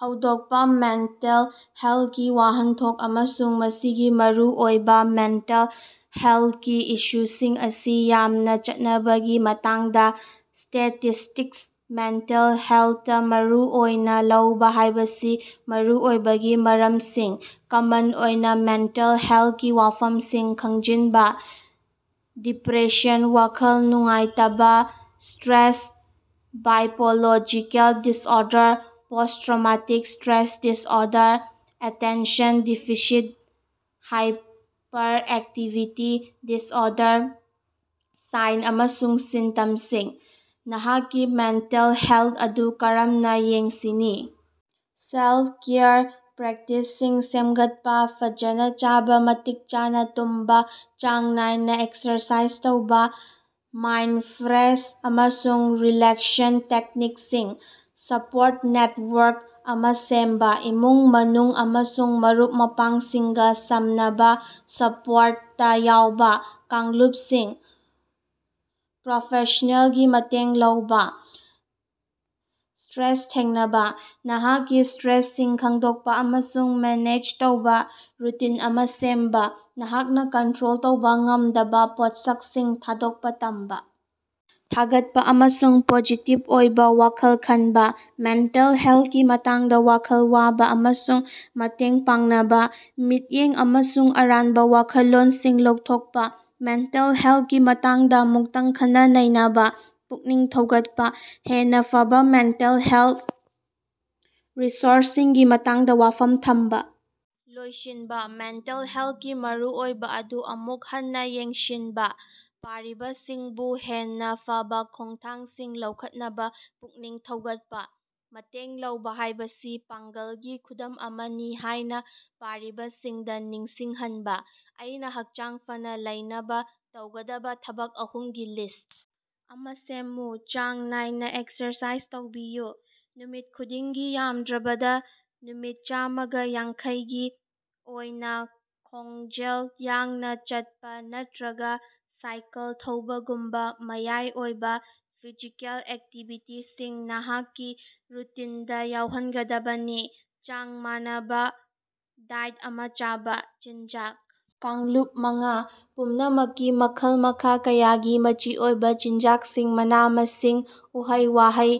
ꯍꯧꯗꯣꯛꯄ ꯃꯦꯟꯇꯦꯜ ꯍꯦꯂꯇꯀꯤ ꯋꯥꯍꯟꯊꯣꯛ ꯑꯃꯁꯨꯡ ꯃꯁꯤꯒꯤ ꯃꯔꯨꯑꯣꯏꯕ ꯃꯦꯟꯇꯦꯜ ꯍꯦꯂꯇꯀꯤ ꯏꯁꯨꯁꯤꯡ ꯑꯁꯤ ꯌꯥꯝꯅ ꯆꯠꯅꯕꯒꯤ ꯃꯇꯥꯡꯗ ꯁ꯭ꯇꯦꯇꯤꯁ꯭ꯇꯤꯛꯁ ꯃꯦꯟꯇꯦꯜ ꯍꯦꯂꯇꯇꯥ ꯃꯔꯨꯑꯣꯏꯅ ꯂꯧꯕ ꯍꯥꯏꯕꯁꯤ ꯃꯔꯨꯑꯣꯏꯕꯒꯤ ꯃꯔꯝꯁꯤꯡ ꯀꯃꯟ ꯑꯣꯏꯕ ꯃꯦꯟꯇꯦꯜ ꯍꯦꯂꯇꯀꯤ ꯋꯥꯐꯝꯁꯤꯡ ꯈꯪꯖꯤꯟꯕ, ꯗꯤꯄꯔꯦꯁꯟ, ꯋꯥꯈꯜ ꯅꯨꯡꯉꯥꯏꯇꯕ, stress, biological disorder, posttraumatic stress disorder, attention deficit hyperactivity disorder, sign ꯑꯃꯁꯨꯡ ꯁꯤꯝꯇꯝꯁꯤꯡ, ꯅꯍꯥꯛꯀꯤ ꯃꯦꯟꯇꯦꯜ ꯍꯦꯂꯇ ꯑꯗꯨ ꯀꯔꯝꯅ ꯌꯦꯡꯁꯤꯅꯤ. ꯁꯦꯂꯇ-ꯀꯦꯌꯔ ꯄ꯭ꯔꯦꯛꯇꯤꯁꯁꯤꯡ ꯁꯦꯝꯒꯠꯄꯥ ꯐꯖꯅꯥ ꯆꯥꯕ ꯃꯇꯤꯛ ꯆꯥꯅ ꯇꯨꯝꯕꯥ ꯆꯥꯡ ꯅꯥꯏꯅꯥ ꯑꯦꯛꯁꯔꯁꯥꯏꯖ ꯇꯧꯕꯥ ꯃꯥꯏꯟꯗꯐ꯭ꯔꯦꯟꯗ ꯑꯃꯁꯨꯡ ꯔꯤꯂꯦꯛꯁꯟ ꯇꯦꯛꯅꯤꯛꯁꯤꯡ. ꯁꯄꯣꯔꯠ ꯅꯦꯇꯋꯥꯔꯛ ꯑꯃ ꯁꯦꯝꯕꯥ ꯏꯃꯨꯡ-ꯃꯅꯨꯡ ꯑꯃꯁꯨꯡ ꯃꯔꯨꯞ-ꯃꯄꯥꯡꯁꯤꯡꯒ ꯁꯝꯅꯕꯥ ꯁꯄꯣꯔꯇꯇꯥ ꯌꯥꯎꯕ꯫ ꯀꯥꯡꯂꯨꯞꯁꯤꯡ ꯄ꯭ꯔꯣꯐꯦꯁ꯭ꯅꯦꯜꯒꯤ ꯃꯇꯦꯡ ꯂꯧꯕ. ꯁ꯭ꯇꯔꯦꯁ ꯊꯦꯡꯅꯕꯥ ꯅꯍꯥꯛꯀꯤ ꯁ꯭ꯇꯔꯦꯁꯔꯁꯤꯡ ꯈꯪꯗꯣꯛꯄꯥ ꯑꯃꯁꯨꯡ ꯃꯦꯅꯦꯖ ꯇꯧꯕ ꯔꯨꯇꯤꯟ ꯑꯃ ꯁꯦꯝꯕꯥ ꯅꯍꯥꯛꯅ ꯀꯟꯇꯔꯣꯜ ꯇꯧꯕ ꯉꯝꯗꯕꯥ ꯄꯣꯠꯁꯛꯁꯤꯡ ꯊꯥꯗꯣꯛꯄ ꯇꯝꯕꯥ. ꯊꯥꯒꯠꯄ ꯑꯃꯁꯨꯡ ꯄꯣꯖꯤꯇꯤꯚ ꯑꯣꯏꯕ ꯋꯥꯈꯜ ꯈꯟꯕꯥ. ꯃꯦꯟꯇꯦꯜ ꯍꯦꯜꯀꯤ ꯃꯇꯥꯡꯗ ꯋꯥꯈꯜ ꯋꯥꯕ ꯑꯃꯁꯨꯡ ꯃꯇꯦꯡ ꯄꯥꯡꯅꯕꯥ. ꯃꯤꯠꯌꯦꯡ ꯑꯃꯁꯨꯡ ꯑꯔꯥꯟꯕ ꯋꯥꯈꯜꯂꯣꯟꯁꯤꯡ ꯂꯧꯊꯣꯛꯄ. ꯃꯦꯟꯇꯦꯜ ꯍꯦꯜꯇꯀꯤ ꯃꯇꯥꯡꯗ ꯑꯃꯨꯛꯇꯪ ꯈꯟꯅ-ꯅꯩꯅꯕꯥ ꯄꯨꯛꯅꯤꯡ ꯊꯧꯒꯠꯄꯥ. ꯍꯦꯟꯅꯥ ꯐꯕꯥ ꯃꯦꯟꯇꯦꯜ ꯍꯦꯜ ꯔꯤꯁꯣꯔꯁꯁꯤꯡꯒꯤ ꯃꯇꯥꯡꯗ ꯋꯥꯐꯝ ꯊꯝꯕꯥ. ꯂꯣꯏꯁꯤꯟꯕꯥ. ꯃꯦꯟꯇꯦꯜ ꯍꯦꯜꯇꯀꯤ ꯃꯔꯨꯑꯣꯏꯕ ꯑꯗꯨ ꯑꯃꯨꯛ ꯍꯟꯅꯥ ꯌꯦꯡꯁꯤꯟꯕ ꯄꯥꯔꯤꯕꯁꯤꯡꯕꯨ ꯍꯦꯟꯅꯥ ꯐꯕꯥ ꯈꯣꯡꯊꯥꯡꯁꯤꯡ ꯂꯧꯈꯠꯅꯕꯥ ꯄꯨꯛꯅꯤꯡ ꯊꯧꯒꯠꯄꯥ꯫ ꯃꯇꯦꯡ ꯂꯧꯕ ꯍꯥꯏꯕꯁꯤ ꯄꯥꯡꯒꯜꯒꯤ ꯈꯨꯗꯝ ꯑꯃꯅꯤ ꯍꯥꯏꯅꯥ ꯄꯥꯔꯤꯕꯁꯤꯡꯗꯥ ꯅꯤꯡꯁꯤꯡ ꯍꯟꯕꯥ꯫ ꯑꯩꯅꯥ ꯍꯛꯆꯥꯡ ꯐꯅꯥ ꯂꯩꯅꯕ ꯇꯧꯒꯗꯕꯥ ꯊꯕꯛ ꯑꯍꯨꯝꯒꯤ ꯂꯤꯁ ꯑꯃ ꯁꯦꯝꯃꯨ꯫ ꯆꯥꯡ ꯅꯥꯏꯅ ꯑꯦꯛꯁꯔꯁꯥꯏꯖ ꯇꯧꯕꯤꯌꯨ: ꯅꯨꯃꯤꯠ ꯈꯨꯗꯤꯡꯒꯤ ꯌꯥꯝꯗ꯭ꯔꯕꯗ ꯃꯤꯅꯠ ꯆꯥꯝꯃꯒ ꯌꯥꯡꯈꯩ ꯒꯤ ꯑꯣꯏꯅ ꯈꯣꯡꯖꯦꯜ ꯌꯥꯡꯅ ꯆꯠꯄꯥ ꯅꯠꯇꯔꯒ ꯁꯥꯏꯀꯜ ꯊꯧꯕꯒꯨꯝꯕꯥ ꯃꯌꯥꯏ ꯑꯣꯏꯕ ꯐꯤꯖꯤꯀꯦꯜ ꯑꯦꯛꯇꯤꯚꯤꯇꯤꯁꯤꯡ ꯅꯍꯥꯛꯀꯤ ꯔꯨꯇꯤꯟꯗꯥ ꯌꯥꯎꯍꯟꯒꯗꯕꯅꯤ꯫ ꯆꯥꯡ ꯃꯥꯟꯅꯕ ꯗꯥꯏꯠ ꯑꯃ ꯆꯥꯕ: ꯆꯤꯟꯖꯥꯛ ꯀꯥꯡꯂꯨꯞ ꯃꯉꯥ ꯄꯨꯝꯅꯃꯛꯀꯤ ꯃꯈꯜ-ꯃꯈꯥ ꯀꯌꯥꯒꯤ ꯃꯆꯤ ꯑꯣꯏꯕꯥ ꯆꯤꯟꯖꯥꯛꯁꯤꯡ ꯃꯅꯥ-ꯃꯁꯤꯡ, ꯎꯍꯩ-ꯋꯥꯍꯩ,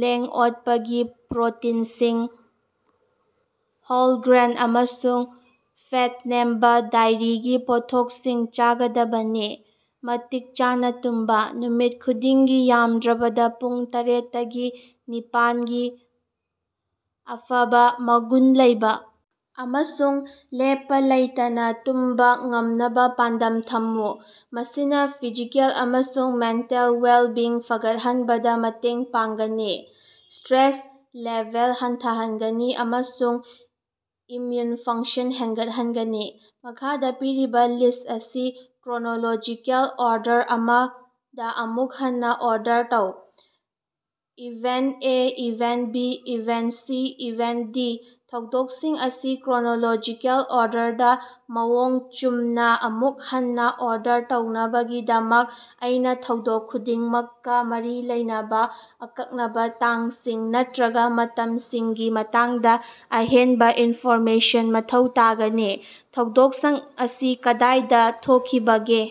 ꯂꯦꯡ-ꯑꯣꯠꯄꯒꯤ ꯄ꯭ꯔꯣꯇꯤꯟꯁꯤꯡ, ꯍꯣꯜ ꯒ꯭ꯔꯦꯟ, ꯑꯃꯁꯨꯡ ꯐꯦꯠ ꯅꯦꯝꯕꯥ ꯗꯥꯏꯔꯤꯒꯤ ꯄꯣꯠꯊꯣꯛꯁꯤꯡ ꯆꯥꯒꯗꯕꯅꯤ꯫ ꯃꯇꯤꯛ ꯆꯥꯅ ꯇꯨꯝꯕꯥ: ꯅꯨꯃꯤꯠ ꯈꯨꯗꯤꯡꯒꯤ ꯌꯥꯝꯗ꯭ꯔꯕꯗ ꯄꯨꯡ ꯇꯔꯦꯠꯇꯒꯤ ꯅꯤꯄꯥꯟ ꯒꯤ ꯑꯐꯕꯥ ꯃꯒꯨꯟ ꯂꯩꯕ ꯑꯃꯁꯨꯡ ꯂꯦꯞꯄꯥ ꯂꯩꯇꯅꯥ ꯇꯨꯝꯕꯥ ꯉꯝꯅꯕꯥ ꯄꯥꯟꯗꯝ ꯊꯝꯃꯨ꯫ ꯃꯁꯤꯅꯥ ꯐꯤꯖꯤꯀꯦꯜ ꯑꯃꯁꯨꯡ ꯃꯦꯟꯇꯦꯜ ꯋꯦꯜꯕꯤꯡ ꯐꯒꯠꯍꯟꯕꯗꯥ ꯃꯇꯦꯡ ꯄꯥꯡꯒꯅꯤ, ꯁ꯭ꯇꯔꯦꯁ ꯂꯦꯚꯦꯜ ꯍꯟꯊꯍꯟꯒꯅꯤ ꯑꯃꯁꯨꯡ ꯏꯝꯃꯌꯨꯟ ꯐꯪꯁꯟ ꯍꯦꯒꯠꯍꯟꯒꯅꯤ꯫ ꯃꯈꯥꯗ ꯄꯤꯔꯤꯕꯥ ꯂꯤꯁ ꯑꯁꯤ ꯀ꯭ꯔꯣꯅꯣꯂꯣꯖꯤꯀꯦꯜ ꯑꯣꯔꯗꯔ ꯑꯃꯗ ꯑꯃꯨꯛ ꯍꯟꯅꯥ ꯑꯣꯔꯗꯔ ꯇꯧ꯫ Event A, event B, event C, event D ꯊꯧꯗꯣꯛꯁꯤꯡ ꯑꯁꯤ ꯀ꯭ꯔꯣꯅꯣꯂꯣꯖꯤꯀꯦꯜ ꯑꯣꯔꯗꯔꯗꯥ ꯃꯑꯣꯡ ꯆꯨꯝꯅꯥ ꯑꯃꯨꯛ ꯍꯟꯅꯥ ꯑꯣꯔꯗꯔ ꯇꯧꯅꯕꯒꯤꯗꯃꯛ, ꯑꯩꯅ ꯊꯧꯗꯣꯛ ꯈꯨꯗꯤꯡꯃꯛꯀꯥ ꯃꯔꯤ ꯂꯩꯅꯕ ꯑꯀꯛꯅꯕꯥ ꯇꯥꯡꯁꯤꯡ ꯅꯠꯇꯔꯒꯥ ꯃꯇꯝꯁꯤꯡꯒꯤ ꯃꯇꯥꯡꯗ ꯑꯍꯦꯟꯕꯥ ꯏꯟꯐꯣꯔꯃꯦꯁꯟ ꯃꯊꯧ ꯇꯥꯒꯅꯤ꯫ ꯊꯧꯗꯣꯛꯁꯤꯡ ꯑꯁꯤ ꯀꯗꯥꯏꯗ ꯊꯣꯛꯈꯤꯕꯒꯦ?